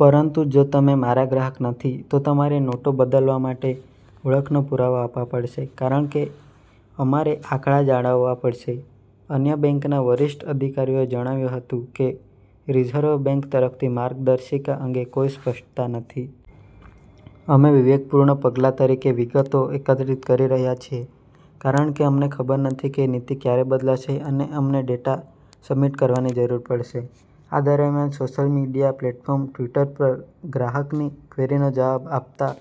પરંતુ જો તમે મારા ગ્રાહક નથી, તો તમારે નોટો બદલવા માટે ઓળખનો પુરાવો આપવો પડશે કારણ કે અમારે આંકડા જાળવવા પડશે. " અન્ય બેંકના વરિષ્ઠ અધિકારીએ જણાવ્યું હતું કે, "રિઝર્વ બેંક તરફથી માર્ગદર્શિકા અંગે કોઈ સ્પષ્ટતા નથી. અમે વિવેકપૂર્ણ પગલા તરીકે વિગતો એકત્રિત કરી રહ્યા છીએ કારણ કે અમને ખબર નથી કે નીતિ ક્યારે બદલાશે અને અમને ડેટા સબમિટ કરવાની જરૂર પડશે. " આ દરમિયાન, સોશિયલ મીડિયા પ્લેટફોર્મ ટ્વિટર પર ગ્રાહકની ક્વેરીનો જવાબ આપતાં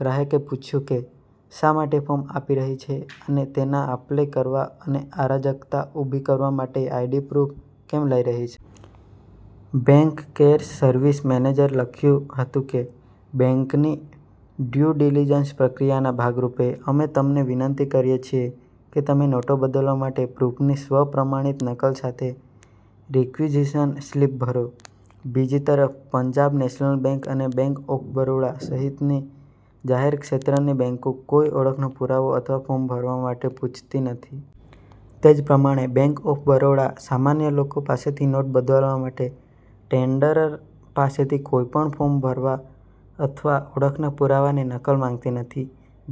ગ્રાહકે પૂછ્યું કે " શા માટે ફોર્મ આપી રહી છે અને તેની આપલે કરવા અને અરાજકતા ઊભી કરવા માટે આઈડી પ્રૂફ કેમ લઈ રહી છે?" બેંક કેર્સ સર્વિસ મેનેજરે લખ્યું હતું કે., "બેંકની ડ્યુ ડિલિજન્સ પ્રક્રિયાના ભાગ રૂપે, અમે તમને વિનંતી કરીએ છીએ કે તમે નોટો બદલવા માટે પ્રૂફની સ્વ-પ્રમાણિત નકલ સાથે રિક્વિઝિશન સ્લિપ ભરો. " બીજી તરફ, પંજાબ નેશનલ બેંક અને બેંક ઓફ બરોડા સહિતની જાહેર ક્ષેત્રની બેંકો કોઈ ઓળખનો પુરાવો અથવા ફોર્મ ભરવા માટે પૂછતી નથી. તે જ પ્રમાણે, બેંક ઓફ બરોડા સામાન્ય લોકો પાસેથી નોટ બદલવા માટે ટેન્ડરર પાસેથી કોઈપણ ફોર્મ ભરવા અથવા ઓળખના પુરાવાની નકલ માંગતી નથી.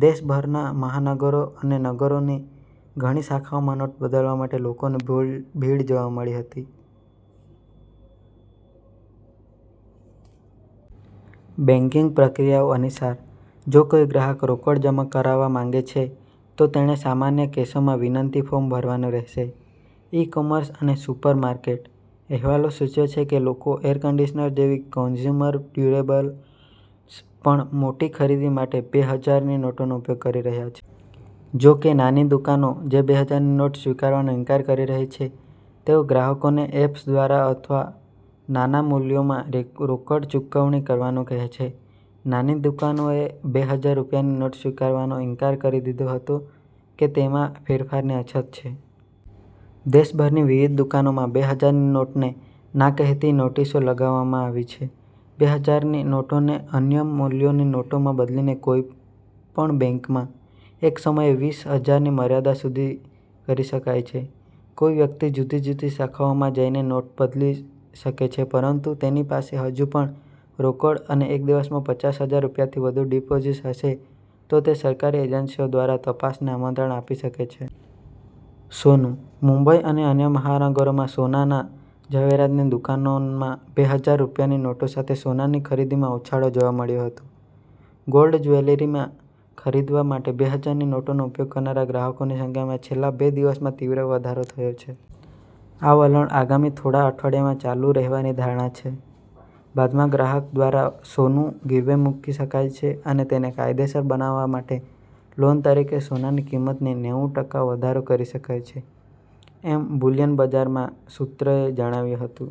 દેશભરના મહાનગરો અને નગરોની ઘણી શાખાઓમાં નોટો બદલવા માટે લોકોની ભીડ જોવા મળી હતી. બેંકિંગ પ્રક્રિયાઓ અનુસાર, જો કોઈ ગ્રાહક રોકડ જમા કરાવવા માંગે છે, તો તેણે સામાન્ય કેસોમાં વિનંતી ફોર્મ ભરવાનું રહેશે. ઈ-કોમર્સ અને સુપર માર્કેટ: અહેવાલો સૂચવે છે કે લોકો એર કંડિશનર જેવી કન્ઝ્યુમર ડ્યુરેબલ્સ પણ મોટી ખરીદી માટે બે હજારની નોટોનો ઉપયોગ કરી રહ્યા છે. જો કે, નાની દુકાનો જે બે હજારની નોટ સ્વીકારવાનો ઇનકાર કરી રહી છે તેઓ ગ્રાહકોને એપ્સ દ્વારા અથવા નાના મૂલ્યોમાં રોકડ ચૂકવણી કરવાનું કહે છે. નાની દુકાનોએ બે હજાર રૂપિયાની નોટ સ્વીકારવાનો ઇનકાર કરી દીધો હતો કે તેમાં ફેરફારની અછત છે. દેશભરની વિવિધ દુકાનોમાં બે હજારની નોટને 'ના' કહેતી નોટિસો લગાવવામાં આવી છે. બે હજાર ની નોટોને અન્ય મૂલ્યોની નોટોમાં બદલીને કોઈપણ બેંકમાં એક સમયે વીસ હજારની મર્યાદા સુધી કરી શકાય છે. કોઈ વ્યક્તિ જુદી જુદી શાખાઓમાં જઈને નોટો બદલી શકે છે પરંતુ તેની પાસે હજુ પણ રોકડ અને એક દિવસમાં પચાસ હજાર રૂપિયાથી વધુની ડિપોઝિટ હશે તો તે સરકારી એજન્સીઓ દ્વારા તપાસને આમંત્રણ આપી શકે છે. સોનું: મુંબઈ અને અન્ય મહાનગરોમાં સોનાના ઝવેરાતની દુકાનોમાં બે હજાર રૂપિયાની નોટો સાથે સોનાની ખરીદીમાં ઉછાળો જોવા મળ્યો હતો. ગોલ્ડ જ્વેલરી ખરીદવા માટે બે હજારની નોટનો ઉપયોગ કરનારા ગ્રાહકોની સંખ્યામાં છેલ્લા બે દિવસમાં તીવ્ર વધારો થયો છે. આ વલણ આગામી થોડા અઠવાડિયામાં ચાલુ રહેવાની ધારણા છે. બાદમાં ગ્રાહક દ્વારા સોનું ગીરવે મૂકી શકાય છે અને તેને કાયદેસર બનાવવા માટે લોન તરીકે સોનાની કિંમતના નેવું ટકા વધારો કરી શકાય છે, એમ બુલિયન બજારના સૂત્રએ જણાવ્યું હતું.